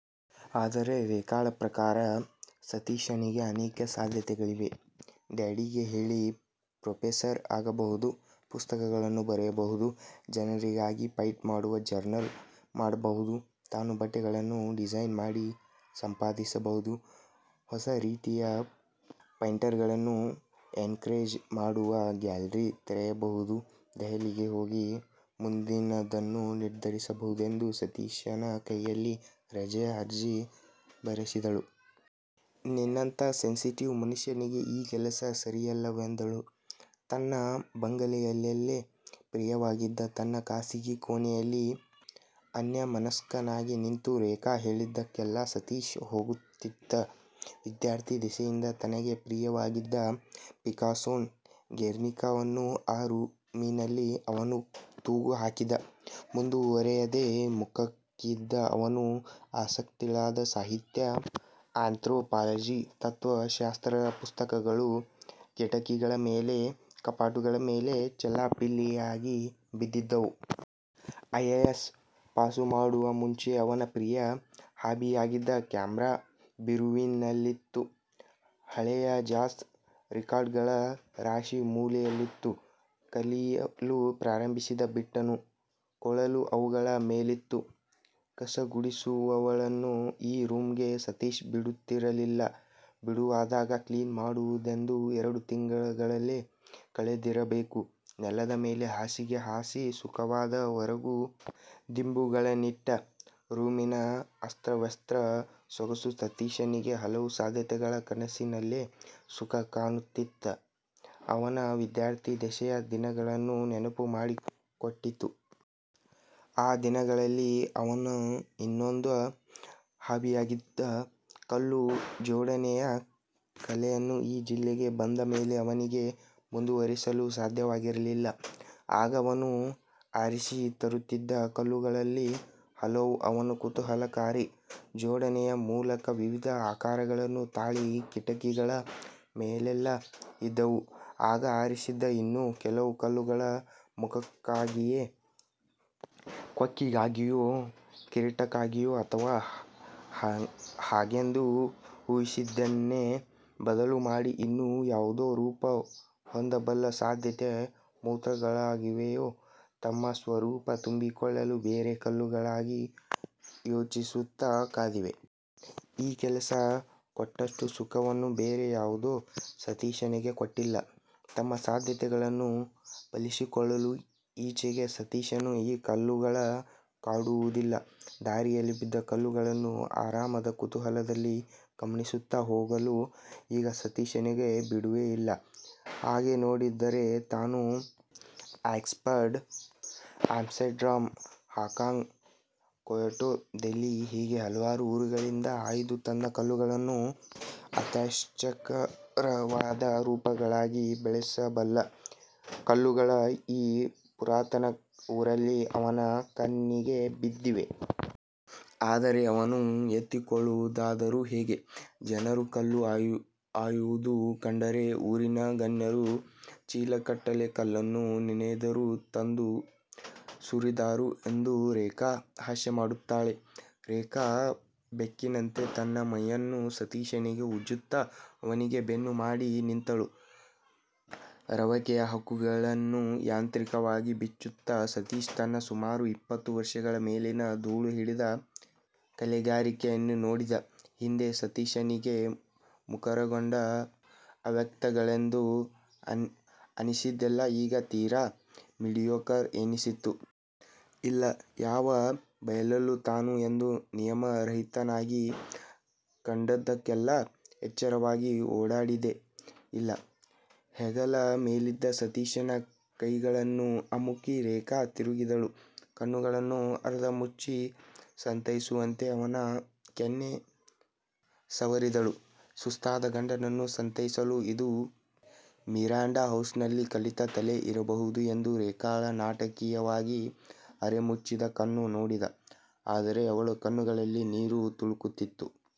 ಆದರೆ ರೇಖಾಳ ಪ್ರಕಾರ ಸತೀಶನಿಗೆ ಅನೇಕ ಸಾಧ್ಯತೆಗಳಿವೆ: ಡ್ಯಾಡಿಗೆ ಹೇಳಿ ಪ್ರೊಫೆಸರ್ ಆಗಬಹುದು. ಪುಸ್ತಕಗಳನ್ನು ಬರೆಯಬಹುದು. ಜನರಿಗಾಗಿ ಫೈಟ್ ಮಾಡುವ ಜರ್ನಲ್ ಮಾಡಬಹುದು. ತಾನು ಬಟ್ಟೆಗಳನ್ನು ಡಿಸೈನ್ ಮಾಡಿ ಸಂಪಾದಿಸಬಹುದು. ಹೊಸ ರೀತಿಯ ಪೈಂಟರ್ಗಳನ್ನು ಎನ್ಕರೇಜ್ ಮಾಡುವ ಗ್ಯಾಲರಿ ತೆರೆಯಬಹುದು. ದೆಹಲಿಗೆ ಹೋಗಿ ಮುಂದಿನದನ್ನು ನಿರ್ಧರಿಸಬಹುದೆಂದು ಸತೀಶನ ಕೈಯಲ್ಲಿ ರಜೆಯ ಅರ್ಜಿ ಬರೆಸಿದಳು. ನಿನ್ನಂಥ ಸೆನ್ಸಿಟಿವ್ ಮನುಷ್ಯನಿಗೆ ಈ ಕೆಲಸ ಸರಿಯಲ್ಲವೆಂದಳು. ತನ್ನ ಬಂಗಲೆಯಲ್ಲೆಲ್ಲ ಪ್ರಿಯವಾಗಿದ್ದ ತನ್ನ ಖಾಸಗಿ ಕೋಣೆಯಲ್ಲಿ ಅನ್ಯಮನಸ್ಕನಾಗಿ ನಿಂತು ರೇಖಾ ಹೇಳಿದ್ದಕ್ಕೆಲ್ಲ ಸತೀಶ ಹೂಗುಟ್ಟಿದ್ದ. ವಿದ್ಯಾರ್ಥಿ ದೆಸೆಯಿಂದ ತನಗೆ ಪ್ರಿಯವಾಗಿದ್ದ ಪಿಕಾಸೋನ ಗೆರ್ನಿಕಾವನ್ನು ಆ ರೂಮಿನಲ್ಲಿ ಅವನು ತೂಗು ಹಾಕಿದ್ದ. ಮುಂದುವರಿಯದೆ ಮುಕ್ಕಾಗಿದ್ದ ಅವನ ಆಸಕ್ತಿಗಳಾದ ಸಾಹಿತ್ಯ, ಆಂಥ್ರೊಪಾಲಜಿ, ತತ್ವ ಶಾಸ್ತ್ರದ ಪುಸ್ತಕಗಳು ಕಿಟಕಿಗಳ ಮೇಲೆ, ಕಪಾಟುಗಳ ಮೇಲೆ ಚೆಲ್ಲಾಪಿಲ್ಲಿಯಾಗಿ ಬಿದ್ದಿದ್ದವು. ಐ. ಎ. ಎಸ್. ಪಾಸುಮಾಡುವ ಮುಂಚೆ ಅವನ ಪ್ರಿಯ ಹಾಬಿಯಾಗಿದ್ದ ಕ್ಯಾಮರಾ ಬೀರುವಿನಲ್ಲಿತ್ತು. ಹಳೆಯ ಜಾಸ್ ರಿಕಾರ್ಡುಗಳ ರಾಶಿ ಮೂಲೆಯಲ್ಲಿತ್ತು. ಕಲಿಯಲು ಪ್ರಾರಂಭಿಸಿ ಬಿಟ್ಟಿದ್ದ ಕೊಳಲು ಅವುಗಳ ಮೇಲಿತ್ತು. ಕಸಗುಡಿಸುವವಳನ್ನೂ ಈ ರೂಂಗೆ ಸತೀಶ ಬಿಡುತ್ತಿರಲಿಲ್ಲ. ಬಿಡುವಾದಾಗ ಕ್ಲೀನ್ ಮಾಡುವುದೆಂದು ಎರಡು ತಿಂಗಳುಗಳೇ ಕಳೆದಿರಬೇಕು. ನೆಲದ ಮೇಲೆ ಹಾಸಿಗೆ ಹಾಸಿ ಸುಖವಾದ ಒರಗು ದಿಂಬುಗಳನ್ನಿಟ್ಟ ರೂಮಿನ ಅಸ್ತವ್ಯಸ್ತ ಸೊಗಸು ಸತೀಶನಗೆ ಹಲವು ಸಾಧ್ಯತೆಗಳ ಕನಸಿನಲ್ಲೆ ಸುಖ ಕಾಣುತ್ತಿದ್ದ ಅವನ ವಿದ್ಯಾರ್ಥಿ ದೆಸೆಯ ದಿನಗಳನ್ನು ನೆನಪು ಮಾಡಿಕೊಟ್ಟಿತು. ಆ ದಿನಗಳಲ್ಲಿ ಅವನ ಇನ್ನೊಂದು ಹಾಬಿಯಾಗಿದ್ದ ಕಲ್ಲು ಜೋಡಣೆಯ ಕಲೆಯನ್ನು ಈ ಜಿಲ್ಲೆಗೆ ಬಂದ ಮೇಲೆ ಅವನಿಗೆ ಮುಂದುವರಿಸಲು ಸಾಧ್ಯವಾಗಿರಲಿಲ್ಲ. ಆಗ ಅವನು ಆರಿಸಿ ತರುತ್ತಿದ್ದ ಕಲ್ಲುಗಳಲ್ಲಿ ಹಲವು ಅವನ ಕುತೂಹಲಕಾರಿ ಜೋಡಣೆಯ ಮೂಲಕ ವಿವಿಧ ಆಕಾರಗಳನ್ನು ತಾಳಿ ಕಿಟಕಿಗಳ ಮೇಲೆಲ್ಲ ಇದ್ದವು. ಆಗ ಆರಿಸಿದ್ದ ಇನ್ನೂ ಕೆಲವು ಕಲ್ಲುಗಳು ಮುಖಕ್ಕಾಗಿಯೋ, ಕೊಕ್ಕಿಗಾಗಿಯೋ, ಕಿರೀಟಕ್ಕಾಗಿಯೋ ಅಥವಾ ಹಾಗೆಂದು ಊಹಿಸಿದ್ದನ್ನೆ ಬದಲು ಮಾಡಿ ಇನ್ನು ಯಾವುದೋ ರೂಪ ಹೊಂದಬಲ್ಲ ಸಾಧ್ಯತೆ ಮಾತ್ರಗಳಾಗಿವೆಯೋ – ತಮ್ಮ ಸ್ವರೂಪ ತುಂಬಿಕೊಳ್ಳಲು ಬೇರೆ ಕಲ್ಲುಗಳಿಗಾಗಿ ಯಾಚಿಸುತ್ತ ಕಾದಿವೆ. ಈ ಕೆಲಸ ಕೊಟ್ಟಷ್ಟು ಸುಖವನ್ನು ಬೇರೆ ಯಾವುದೂ ಸತೀಶನಿಗೆ ಕೊಟ್ಟಿಲ್ಲ. ತಮ್ಮ ಸಾಧ್ಯತೆಗಳನ್ನು ಫಲಿಸಿಕೊಳ್ಳಲು ಈಚೆಗೆ ಸತೀಶನನ್ನು ಈ ಕಲ್ಲುಗಳು ಕಾಡುವುದಿಲ್ಲ. ದಾರಿಯಲ್ಲಿ ಬಿದ್ದ ಕಲ್ಲುಗಳನ್ನು ಆರಾಮದ ಕುತೂಹಲದಲ್ಲಿ ಗಮನಿಸುತ್ತ ಹೋಗಲು ಈಗ ಸತೀಶನಿಗೆ ಬಿಡುವೇ ಇಲ್ಲ. ಹಾಗೆ ನೋಡಿದರೆ ತಾನು Oxford, Amsterdam, Hong Kong, Kyoto, Delhi – ಹೀಗೆ ಹಲವಾರು ಊರುಗಳಿಂದ ಆಯ್ದು ತಂದ ಕಲ್ಲುಗಳನ್ನು ಅತ್ಯಾಶ್ಚರ್ಯಕರವಾದ ರೂಪಗಳಾಗಿ ಬೆಳೆಸಬಲ್ಲ ಕಲ್ಲುಗಳು ಈ ಪುರಾತನ ಊರಲ್ಲಿ ಅವನ ಕಣ್ಣಿಗೆ ಬಿದ್ದಿವೆ. ಆದರೆ ಅವನ್ನು ಎತ್ತಿಕೊಳ್ಳುವುದಾದರೂ ಹೇಗೆ? ಜನರು ಕಲ್ಲು ಆಯುವುದು ಕಂಡರೆ ಊರಿನ ಗಣ್ಯರು ಚೀಲಗಟ್ಟಲೆ ಕಲ್ಲನ್ನು ನಿನ್ನೆದುರು ತಂದು ಸುರಿದಾರು ಎಂದು ರೇಖಾ ಹಾಸ್ಯಮಾಡುತ್ತಾಳೆ. ರೇಖಾ ಬೆಕ್ಕಿನಂತೆ ತನ್ನ ಮೈಯನ್ನು ಸತೀಶನಿಗೆ ಉಜ್ಜುತ್ತ, ಅವನಿಗೆ ಬೆನ್ನು ಮಾಡಿ ನಿಂತಳು. ರವಕೆಯ ಹುಕ್ಕುಗಳನ್ನುಯಾಂತ್ರಿಕವಾಗಿ ಬಿಚ್ಚುತ್ತ ಸತೀಶ ತನ್ನ ಸುಮಾರು ಇಪ್ಪತ್ತು ವರ್ಷಗಳ ಮೇಲಿನ ಧೂಳು ಹಿಡಿದ ಕಲೆಗಾರಿಕೆಯನ್ನು ನೋಡಿದ: ಹಿಂದೆ ಸತೀಶನಿಗೆ ಮುಖರಗೊಂಡ ಅವ್ಯಕ್ತಗಳೆಂದು ಅನ್ನಿಸಿದ್ದೆಲ್ಲ ಈಗ ತೀರಾ ಮೀಡಿಯೋಕರ್ ಎನ್ನಿಸಿತು. ಇಲ್ಲ – ಯಾವ ಬಯಲಲ್ಲೂ ತಾನು ಎಂದೂ ನಿಯಮ ರಹಿತನಾಗಿ ಕಂಡದ್ದಕ್ಕೆಲ್ಲ ಎಚ್ಚರವಾಗಿ ಓಡಾಡಿದ್ದೇ ಇಲ್ಲ. ಹೆಗಲ ಮೇಲಿದ್ದ ಸತೀಶನ ಕೈಯಗಳನ್ನು ಅಮುಕಿ ರೇಖಾ ತಿರುಗಿದಳು. ಕಣ್ಣುಗಳನ್ನು ಅರ್ಧ ಮುಚ್ಚಿ ಸಂತೈಸುವಂತೆ ಅವನ ಕೆನ್ನೆ ಸವರಿದಳು: ಸುಸ್ತಾದ ಗಂಡನನ್ನು ಸಂತೈಸಲು ಇದು ಮಿರಾಂಡಾ ಹೌಸ್ನಲ್ಲಿ ಕಲಿತ ಕಲೆ ಇರಬಹುದು ಎಂದು ರೇಖಾಳ ನಾಟಕೀಯವಾಗಿ ಅರೆಮುಚ್ಚಿದ ಕಣ್ಣು ನೋಡಿದ. ಅದರೆ ಅವಳ ಕಣ್ಣುಗಳಲ್ಲಿ ನೀರು ತುಳುಕುತ್ತಿತ್ತು.